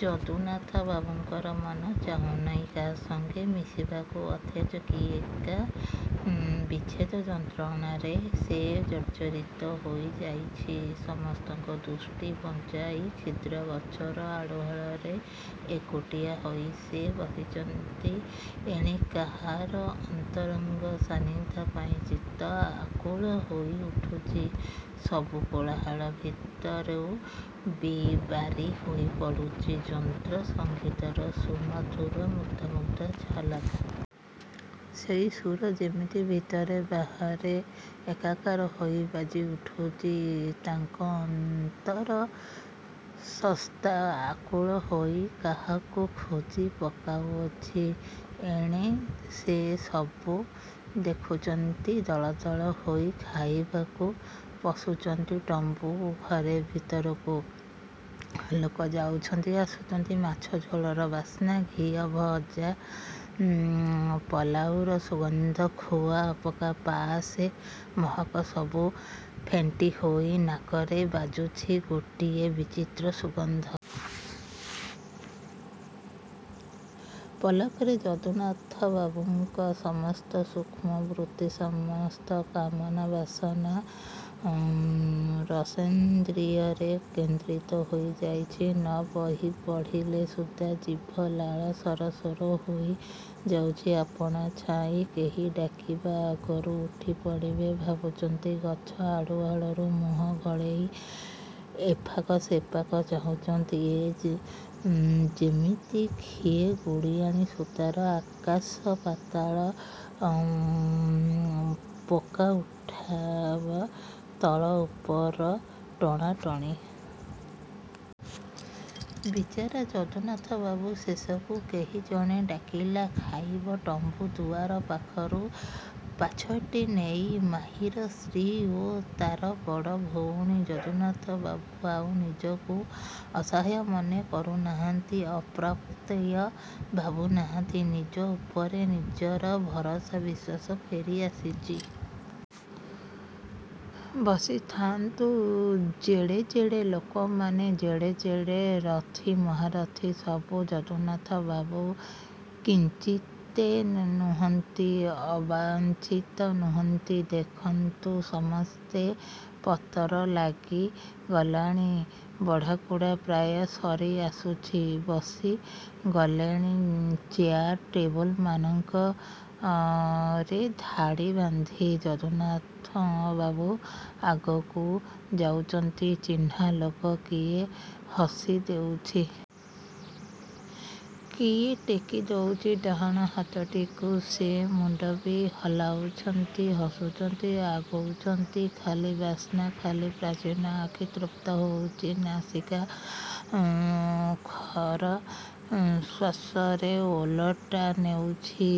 ଯଦୁନାଥବାବୁଙ୍କ ମନ ଚାହୁଁ ନାହିଁ କାହାସଙ୍ଗେ ମିଶିବାକୁ ଅଥଚ କି ଏକ ବିଚ୍ଛେଦ ଯନ୍ତ୍ରଣାରେ ସେ ଜର୍ଜରିତ ହୋଇଯାଉଛି। ସମସ୍ତଙ୍କ ଦୃଷ୍ଟି ବଞ୍ଚାଇ କ୍ଷୁଦ୍ର ଗଛର ଆଢ଼ୁଆଳରେ ଏକୁଟିଆ ହୋଇ ସେ ବସିଛନ୍ତି। ଏଣେ କାହାର ଅନ୍ତରଙ୍ଗ ସାନିଧ୍ୟ ପାଇଁ ଚିତ୍ତ ଆକୁଳ ହୋଇଉଠୁଚି-। ସବୁ କେଳାହଳ ଭିତରୁ ବି ବାରି ହୋଇପଡ଼ୁଚି ଯନ୍ତ୍ର ସଙ୍ଗୀତର ସୁ-ମଧୁର ମୃଦୁ ମୃଦୁ ଝଙ୍କାର...। ସେଇ ସୁର ଯେମିତି ଭିତରେ ବାହାରେ ଏକାକାର ହୋଇ ବାଜିଉଠୁଚି। ତାଙ୍କ ଅନ୍ତର ସତ୍ତା ଆକୁଳ ହୋଇ କାହାକୁ ଖୋଜିପକାଉଛି। ଏଣେ ସେ ସବୁ ଦେଖୁଛନ୍ତି। ଦଳ ଦଳ ହୋଇ ଖାଇବାକୁ ପଶୁଛନ୍ତି ତମ୍ବୁ ଘେର ଭିତରକୁ। ଲୋକ ଯାଉଛନ୍ତି... ଆସୁଛନ୍ତି। ମାଛଝୋଳର ବାସ୍ନା...। ଘିଅ ଭଜା ପଲାଉର ସୁଗନ୍ଧ ଖୁଆ ପକା ପାୟସ୍ର ମହକସବୁ ଫେଣ୍ଟି ହୋଇ ନାକରେ ବାଜୁଛି ଗୋଟାଏ ବିଚିତ୍ର ସୁଗନ୍ଧ। ପଲକରେ ଯଦୁନାଥବାବୁଙ୍କ ସମସ୍ତ ସୂକ୍ଷ୍ମ ବୃତ୍ତି ସମସ୍ତ କାମନା ବାସନା ରସନେନ୍ଦ୍ରିୟରେ କେନ୍ଦ୍ରିତ ହୋଇଯାଉଛି। ନ ବହିପଡ଼ିଲେ ସୁଦ୍ଧା ଜିଭ ଲାଳ ସରସର ହୋଇଯାଉଛି ଆପଣା ଛାଏଁ। କେହି ଡାକିବା ଆଗରୁ ଉଠିପଡ଼ିବେ ଭାବୁଛନ୍ତି। ଗଛ ଆଢ଼ୁଆଳରୁ ମୁହଁ ଗଳେଇ ଏପାଖ ସେପାଖ ଚାହୁଁଛନ୍ତି। ୟେ ଯେମିତି ଖିଏ ବୁଢ଼ିଆଣୀ ସୁତାରେ ଆକାଶ ପାତାଳ ପକା ଉଠା, ତଳ ଉପର ଟଣାଟଣି...। ବିଚରା ଯଦୁନାଥବାବୁ ଶେଷକୁ କେହି ଜଣେ ଡାକିଲା। ଖାଇବା ତମ୍ବୁର ଦୁଆର ପାଖରୁ ପାଛୋଟି ନେଲେ ମହୀର ସ୍ତ୍ରୀ ଓ ତା'ର ବଡ଼ ଭଉଣୀ। ଯଦୁନାଥବାବୁ ଆଉ ନିଜକୁ ଅସହାୟ ମନେ କରୁନାହାନ୍ତି। ଅପାଂକ୍ତେୟ ଭାବୁ ନାହାନ୍ତି-। ନିଜ ଉପରେ ନିଜର ଭରସା ବିଶ୍ୱାସ ଫେରି ଆସୁଚି...। ବସିଥାନ୍ତୁ ଯେଡ଼େ ଯେଡ଼େ ଲୋକମାନେ ଯେଡ଼େ ଯେଡ଼େ ରଥୀ ମହାରଥୀ ସବୁ। ଯଦୁନାଥବାବୁ କିଞ୍ଚିତ୍ ନୁହନ୍ତି ଅବାଞ୍ଛିତ ନୁହନ୍ତି। ଦେଖନ୍ତୁ ସମସ୍ତେ...। ପତର ଲାଗି ଗଲାଣି...। ବଢ଼ାକୁଢ଼ା ପ୍ରାୟ ସରିଆସୁଛି। ବସି ଗଲେଣି ଚେୟାର୍ ଟେବୁଲମାନଙ୍କରେ ଧାଡ଼ିବାନ୍ଧି...। ଯଦୁନାଥବାବୁ ଆଗକୁ ଯାଉଛନ୍ତି... ଚିହ୍ନା ଲୋକ କିଏ ହସି ଦେଉଛି। କିଏ ଟେକି ଦେଉଛି ଡାହାଣ ହାତଟିକି। ସେ ବି ମୁଣ୍ଡ ହଲାଉଛନ୍ତି, ହସୁଛନ୍ତି, ଆଗଉଛନ୍ତି ଖାଲି ବାସ୍ନା... ଖାଲି ପ୍ରାଚୁର୍ଯ୍ୟ... ଆଖି ତୃପ୍ତ ହେଉଚି...। ନାଶିକା ଖର ଶ୍ୱାସରେ ଓଟାରି ନେଉଛି।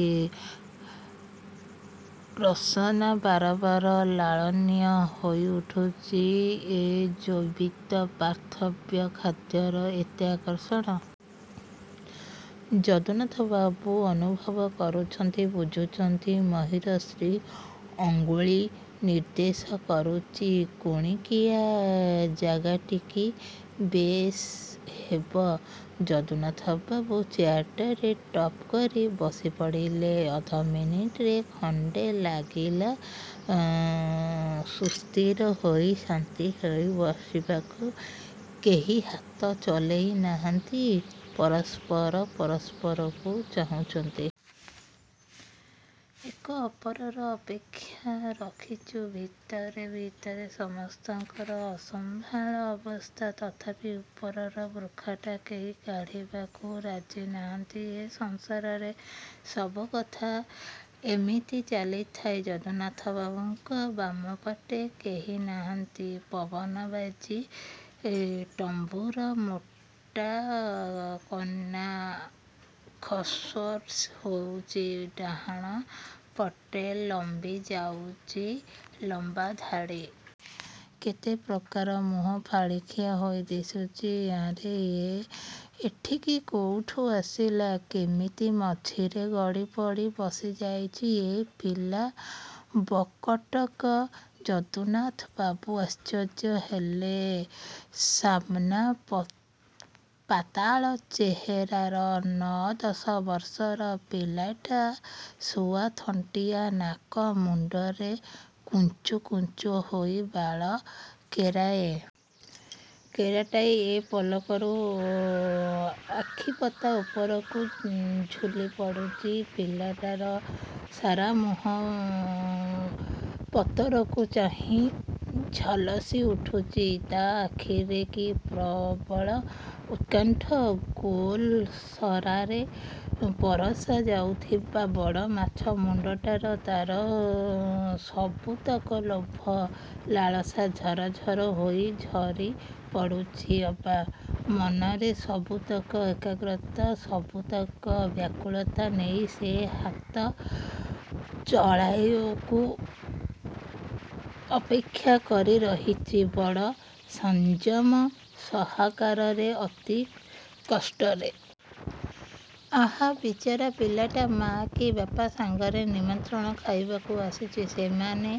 ରସନା ବାର ବାର ଲାଳାୟିତ ହୋଇଉଠୁଚି...। ଏଇ ଜୈବିକ ପାର୍ଥିବ ଖାଦ୍ୟରେ ଏତେ ଆକର୍ଷଣ। ଯଦୁନାଥବାବୁ ଅନୁଭବ କରୁଛନ୍ତି ବୁଝୁଛନ୍ତି ମହୀର ସ୍ତ୍ରୀ ଅଙ୍ଗୁଳି ନିର୍ଦ୍ଦେଶ କରୁଚି କୋଣିକିଆ ଯାଗାଟିକି। ବେଶ୍ ହେବ। ଯଦୁନାଥବାବୁ ଚେୟାର୍ଟାରେ ଟପ୍ କରି ବସିପଡ଼ିଲେ...। ଅଧମିନିଟ୍ଏ ଖଣ୍ଡେ ଲାଗିଲା, ସୁସ୍ଥିର ହୋଇ, ଶାନ୍ତ ହୋଇ, ବସିବାକୁ। କେହି ହାତ ଚଳେଇ ନାହାନ୍ତି। ପରସ୍ପର ପରସ୍ପରକୁ ଚାହୁଁଛନ୍ତି। ଏକ ଅପରର ଅପେକ୍ଷା ରଖୁଚି। ଭିତରେ ଭିତରେ ସମସ୍ତଙ୍କର ଅସମ୍ଭାଳ ଅବସ୍ଥା। ତଥାପି ଉପରର ବୁର୍ଖାଟା କେହି କାଢ଼ିବାକୁ ରାଜି ନୁହନ୍ତି। ଏ ସଂସାରରେ ସବୁକଥା ଏମିତ ଚାଲିଥାଏ। ଯଦୁନାଥବାବୁଙ୍କ ବାମପଟେ କେହି ନାହାନ୍ତି। ପବନ ବାଜି ତମ୍ୱୁର ମୋଟା କନା ଖସ୍ଖସ୍ ହେଉଛି। ଡାହାଣ ପଟେ ଲମ୍ୱିଯାଇଛି ଲମ୍ୱାଧାଡ଼ି। କେତେ ପ୍ରକାର ମୁହଁ ଫାଳିକିଆ ହେଇ ଦିଶୁଛି। ଆରେ? ୟେ ଏଠିକି କୋଉଠୁ ଆସିଲା? କେମିତି ମଝିରେ ଗଳିପଡ଼ି ବସିଯାଇଛି ଏ ପିଲା ବକଟକ? ଯଦୁନାଥବାବୁ ଆଶ୍ଚର୍ଯ୍ୟ ହେଲେ। ସାବନା ପାତାଳା ଚେହେରାର ନଅ, ଦଶ ବର୍ଷର ପିଲାଟିଏ। ଶୁଆଥଣ୍ଟିଆ ନାକ, ମୁଣ୍ଡରେ କୁଞ୍ଚ କୁଞ୍ଚୁ ହୋଇ ବାଳ କେରାଏ। କେରାଟାଏ ଏ କପାଳରୁ ଆକ୍ଷିପତା ଉପରକୁ ଝୁଲି ପଡ଼ିଚି। ପିଲାଟାର ସାରାମୁହଁ ପତରକୁ ଚାହିଁ ଝଲସିଉଠୁଚି। ତା' ଆଖିରେ କି ପ୍ରବଳ ଉତ୍କଣ୍ଠା। ଗୋଲ ସରାରେ ପରଷା ଯାଇଥିବା ବଡ଼ ମାଛ ମୁଣ୍ଡଟାରେ ତା'ର ସବୁତକ ଲୋଭ ଲାଳସା ଝରଝର ହୋଇ ଝରିପଡ଼ୁଛି ଅବା। ମନର ସବୁତକ ଏକାଗ୍ରତା, ସବୁତକ ବ୍ୟାକୁଳତା ନେଇ ସେ ହାତଚଳାକୁ ଅପେକ୍ଷା କରିରହିଛି ବଡ଼ ସଞ୍ଜମ ସହକାରେ, ଅତି କଷ୍ଟରେ। ଆହା ବିଚରା ପିଲାଟି। ମାଆ କି ବାପ ସାଙ୍ଗରେ ନିମନ୍ତ୍ରଣ ଖାଇବାକୁ ଆସିଚି-। ସେମାନେ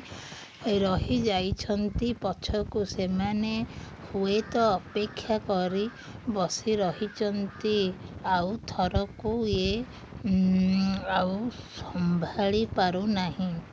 ରହିଯାଇଛନ୍ତି ପଛକୁ। ସେମାନେ ହୁଏତ ଅପେକ୍ଷା କରି ବସିରହିଛନ୍ତି ଆଉଥରକୁ ୟେ ଆଉ ସମ୍ଭାଳି ପାରିନାହିଁ।